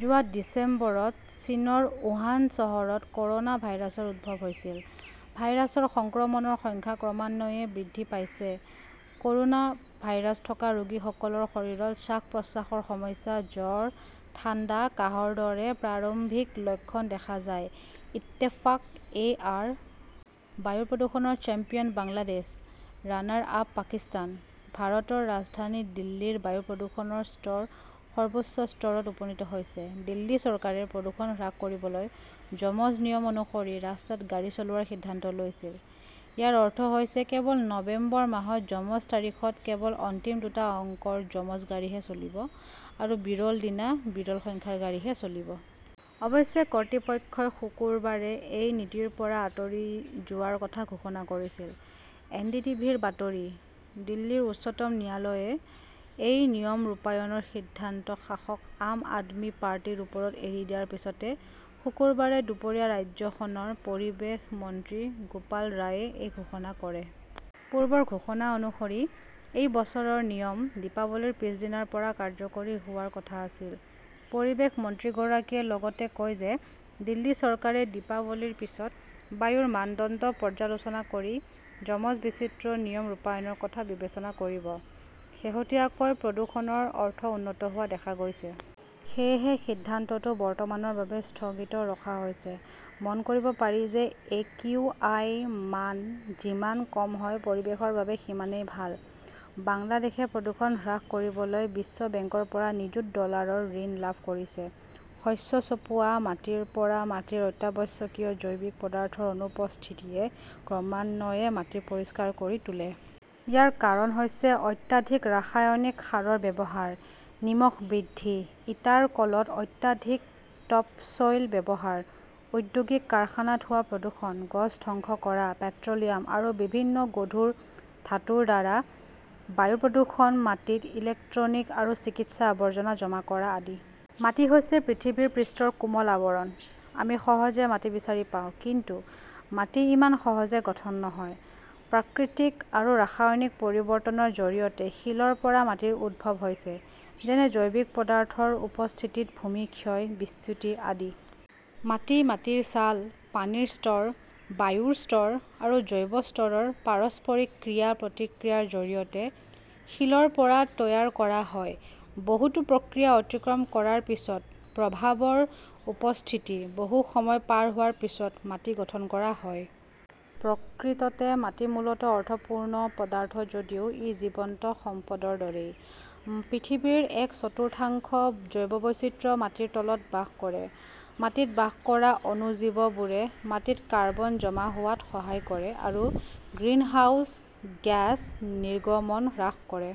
যোৱা ডিচেম্বৰত চীনৰ উহান চহৰত কৰ'না ভাইৰাছৰ উদ্ভৱ হৈছিল। ভাইৰাছৰ সংক্ৰমণৰ সংখ্যা ক্ৰমান্বয়ে বৃদ্ধি পাইছে। ক'ৰোনা ভাইৰাছ থকা ৰোগীসকলৰ শৰীৰত শ্বাস-প্ৰশ্বাসৰ সমস্যা, জ্বৰ, ঠাণ্ডা, কাহৰ দৰে প্ৰাৰম্ভিক লক্ষণ দেখা যায়। ইত্তেফাক এ. আৰ. বায়ু প্ৰদূষণৰ চেম্পিয়ন বাংলাদেশ, ৰানাৰ-আপ পাকিস্তান ভাৰতৰ ৰাজধানী দিল্লীৰ বায়ু প্ৰদূষণৰ স্তৰ সৰ্বোচ্চ স্তৰত উপনীত হৈছে। দিল্লী চৰকাৰে প্ৰদূষণ হ্ৰাস কৰিবলৈ যমজ নিয়ম অনুসৰি ৰাস্তাত গাড়ী চলোৱাৰ সিদ্ধান্ত লৈছিল। ইয়াৰ অৰ্থ হৈছে কেৱল নৱেম্বৰ মাহত যমজ তাৰিখত কেৱল অন্তিম দুটা অংকৰ যমজ গাড়ীহে চলিব আৰু বিৰল দিনা বিৰল সংখ্যাৰ গাড়ীহে চলিব। অৱশ্যে কৰ্তৃপক্ষই শুকুৰবাৰে এই নীতিৰ পৰা আঁতৰি যোৱাৰ কথা ঘোষণা কৰিছিল। এনডিটিভিৰ বাতৰি। দিল্লীৰ উচ্চতম ন্যায়ালয়ে এই নিয়ম ৰূপায়ণৰ সিদ্ধান্ত শাসক আম আদমি পাৰ্টিৰ ওপৰত এৰি দিয়াৰ পিছতে শুকুৰবাৰে দুপৰীয়া ৰাজ্যখনৰ পৰিৱেশ মন্ত্ৰী গোপাল ৰায়ে এই ঘোষণা কৰে। পূৰ্বৰ ঘোষণা অনুসৰি, এই বছৰৰ নিয়ম দীপাৱলীৰ পিছদিনাৰ পৰা কাৰ্যকৰী হোৱাৰ কথা আছিল। পৰিৱেশ মন্ত্ৰীগৰাকীয়ে লগতে কয় যে, দিল্লী চৰকাৰে দীপাৱলীৰ পিছত বায়ুৰ মানদণ্ড পৰ্যালোচনা কৰি যমজ বিচিত্ৰ নিয়ম ৰূপায়ণৰ কথা বিবেচনা কৰিব। শেহতীয়াকৈ প্ৰদূষণৰ অৰ্থ উন্নত হোৱা দেখা গৈছে। সেয়েহে সিদ্ধান্তটো বৰ্তমানৰ বাবে স্থগিত ৰখা হৈছে। মন কৰিব পাৰি যে, একিউআই মান যিমান কম হয় পৰিৱেশৰ বাবে সিমানেই ভাল। বাংলাদেশে প্ৰদূষণ হ্ৰাস কৰিবলৈ বিশ্ব বেংকৰ পৰা নিযুত ডলাৰৰ ঋণ লাভ কৰিছে। শস্য চপোৱা মাটিৰ পৰা মাটিৰ অত্যাৱশ্যকীয় জৈৱিক পদাৰ্থৰ অনুপস্থিতিয়ে ক্ৰমান্বয়ে মাটি পৰিষ্কাৰ কৰি তোলে। ইয়াৰ কাৰণ হৈছে, অত্যাধিক ৰাসায়নিক সাৰৰ ব্যৱহাৰ, নিমখ বৃদ্ধি, ইটাৰ কলত অত্যাধিক টপ চ 'ইল ব্যৱহাৰ, ঔদ্যোগিক কাৰখানাত হোৱা প্ৰদূষণ, গছ ধ্বংস কৰা, পেট্ৰ' লিয়াম আৰু বিভিন্ন গধুৰ ধাতুৰ দ্বাৰা বায়ু প্ৰদূষণ, মাটিত ইলেক্ট্ৰনিক আৰু চিকিৎসা আৱৰ্জনা জমা কৰা আদি। মাটি হৈছে পৃথিৱীৰ পৃষ্ঠৰ কোমল আৱৰণ। আমি সহজে মাটি বিচাৰি পাওঁ, কিন্তু মাটি ইমান সহজে গঠন নহয়। প্ৰাকৃতিক আৰু ৰাসায়নিক পৰিৱৰ্তনৰ জৰিয়তে শিলৰ পৰা মাটিৰ উদ্ভৱ হৈছে, যেনে জৈৱিক পদাৰ্থৰ উপস্থিতিত ভূমি ক্ষয়, বিচ্যুতি আদি। মাটি মাটিৰ ছাল, পানীৰ স্তৰ, বায়ুৰ স্তৰ আৰু জৈৱ স্তৰৰ পাৰস্পৰিক ক্ৰিয়া-প্ৰতিক্ৰিয়াৰ জৰিয়তে শিলৰ পৰা তৈয়াৰ কৰা হয়। বহুতো প্ৰক্ৰিয়া অতিক্ৰম কৰাৰ পিছত, প্ৰভাৱৰ উপস্থিতি, বহু সময় পাৰ হোৱাৰ পিছত মাটি গঠন কৰা হয়। প্ৰকৃততে মাটি মূলত অৰ্থপূৰ্ণ পদাৰ্থ যদিও ই জীৱন্ত সম্পদৰ দৰেই। পৃথিৱীৰ এক চতুৰ্থাংশ জৈৱ বৈচিত্ৰ্য মাটিৰ তলত বাস কৰে। মাটিত বাস কৰা অণুজীৱবোৰে মাটিত কাৰ্বন জমা হোৱাত সহায় কৰে আৰু গ্ৰিনহাউজ গেছ নিৰ্গমন হ্ৰাস কৰে।